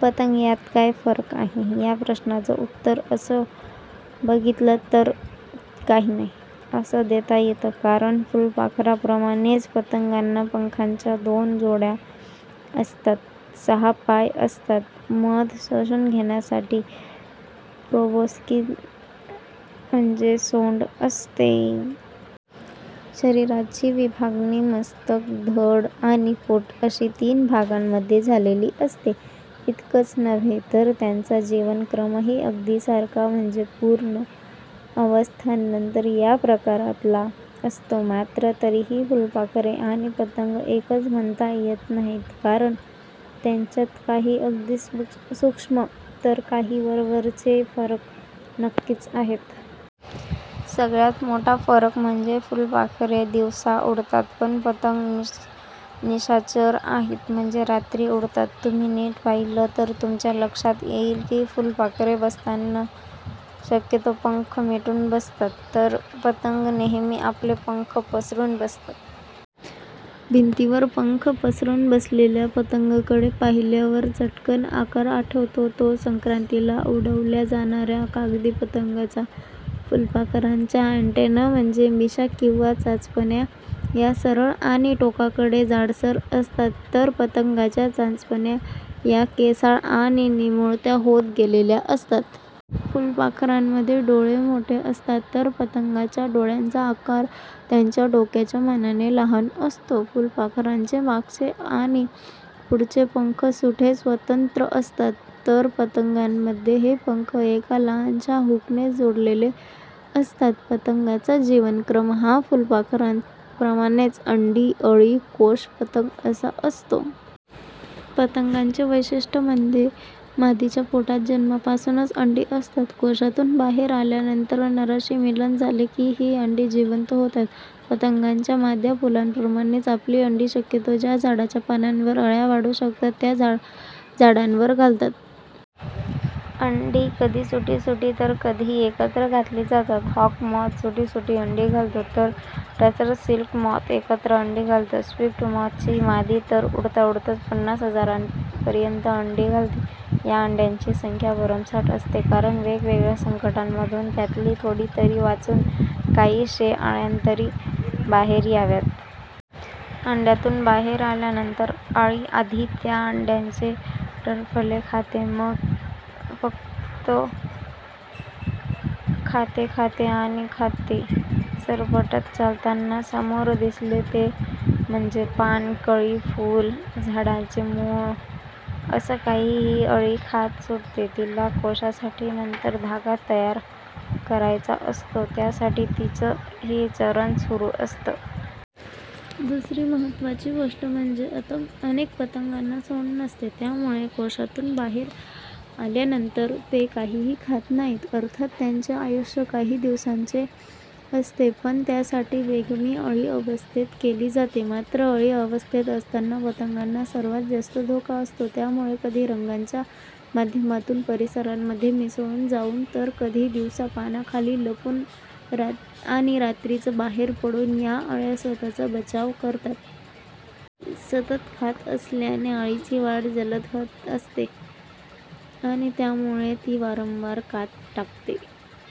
पतंग यात काय फरक आहे? या प्रश्नाचं उत्तर तसं बघितलं तर काही नाही' असं देता येतं. कारण फुलपाखरांप्रमाणेच पतंगांना पंखांच्या दोन जोड्या असतात. सहा पाय असतात. मध शोषून घेण्यासाठी प्रोबोस्किस म्हणजे सोंड असते. शरीराची विभागणी मस्तक, धड आणि पोट अशी तीन भागांमध्ये झालेली असते. इतकंच नव्हे तर त्यांचा जीवनक्रमही अगदी सारखा म्हणजे पूर्ण अवस्थांतर या प्रकारातला असतो. मात्र तरीही फुलपाखरे आणि पतंग एकच म्हणता येत नाहीत, कारण त्यांच्यात काही अगदी सूक्ष्म तर काही वरवरचे फरक नक्कीच आहेत. सगळ्यात मोठा फरक म्हणजे फुलपाखरे दिवसा उडतात, तर पतंग निशाचर आहेत. म्हणजे रात्री उडतात. तुम्ही नीट पाहिलं तर तुमच्या लक्षात येईल की फुलपाखरे बसताना शक्यतो पंख मिटून बसतात, तर पतंग नेहमी आपले पंख पसरून बसतात. भिंतीवर पंख पसरुन बसलेल्या पतंगाकडे पाहिल्यावर चटकन आकार आठवतो तो संक्रातीला उडवल्या जाणाऱ्या कागदी पतंगाचा. फुलपाखरांच्या ॲन्टेना म्हणजे मिशा किंवा चाचपण्या या सरळ आणि टोकाकडे जाडसर असतात, तर पतंगांच्या चाचपण्या या केसाळ आणि निमुळत्या होत गेलेल्या असतात. फुलपाखरांमध्ये डोळे मोठे असतात, तर पतंगांच्या डोळ्याचा आकार त्यांच्या डोक्याच्या मानाने लहान असतो. फुलपाखरांचे मागचे आणि पुढचे पंख सुटे, स्वतंत्र असतात, तर पतंगांमध्ये हे पंख एका लहानशा हुकने जोडलेले असतात. पतंगांचा जीवनक्रम हा फुलपाखरांप्रमाणेच अंडी, अळी, कोश, पतंग असा असतो. पतंगांचे वैशिष्ट्य म्हणजे मादीच्या पोटात जन्मापासूनच अंडी असतात, कोशातून बाहेर आल्यानंतर नराशी मिलन झाले की ही अंडी 'जिवंत' होतात. पतंगांच्या माद्या फुलपाखरांप्रमाणेच आपली अंडी शक्यतो ज्या झाडाच्या पानांवर अळ्या वाढू शकतात, त्या झाडांवर घालतात. अंडी कधी सुटी सुटी, तर कधी एकत्र घातली जातात. हॉक मॉथ सुटी सुटी अंडी घालतो, तर टसर सिल्क मॉथ एकत्र अंडी घालतो. स्विफ्ट मॉथची मादी तर उडताउडताच पन्नास हजारांपर्यंत अंडी घालते. या अंड्यांची संख्या भरमसाठ असते, कारण वेगवेगळ्या संकटांमधून त्यातली थोडी तरी वाचून, काही शे अळ्यातरी बाहेर याव्यात. अंड्यातून बाहेर आल्यानंतर अळी आधी त्या अंड्याचे टरफल खाते आणि मग फक्त खाते, खाते आणि खाते. सरपटत चालताना समोर दिसेल ते म्हणजे पान, कळी, फूल, झाडाचे मूळ असं काहीही अळी खात सुटते. तिला कोशासाठी नंतर धागा तयार करायचा असतो, त्यासाठी तिचं हे चरणं सुरू असतं. दुसरी महत्त्वाची गोष्ट म्हणजे अनेक पतंगांना सोंड नसते. त्यामुळे कोशातून बाहेर आल्यानंतर ते काहीही खात नाहीत. अर्थात त्यांचे आयुष्य काही दिवसांचे असते, पण त्यासाठीची बेगमी अळी अवस्थेत केली जाते. मात्र अळी अवस्थेत असताना पतंगांना सर्वात जास्त धोका असतो, त्यामुळे कधी रंगांच्या माध्यमातून परिसरामध्ये मिसळून जाऊन, तर कधी दिवसा पानाखाली लपून आणि रात्रीच बाहेर पडून या अळ्या स्वतःचा बचाव करतात. सतत खात असल्याने अळीची वाढ जलद होत असते आणि त्यामुळे ती वारंवार कात टाकते.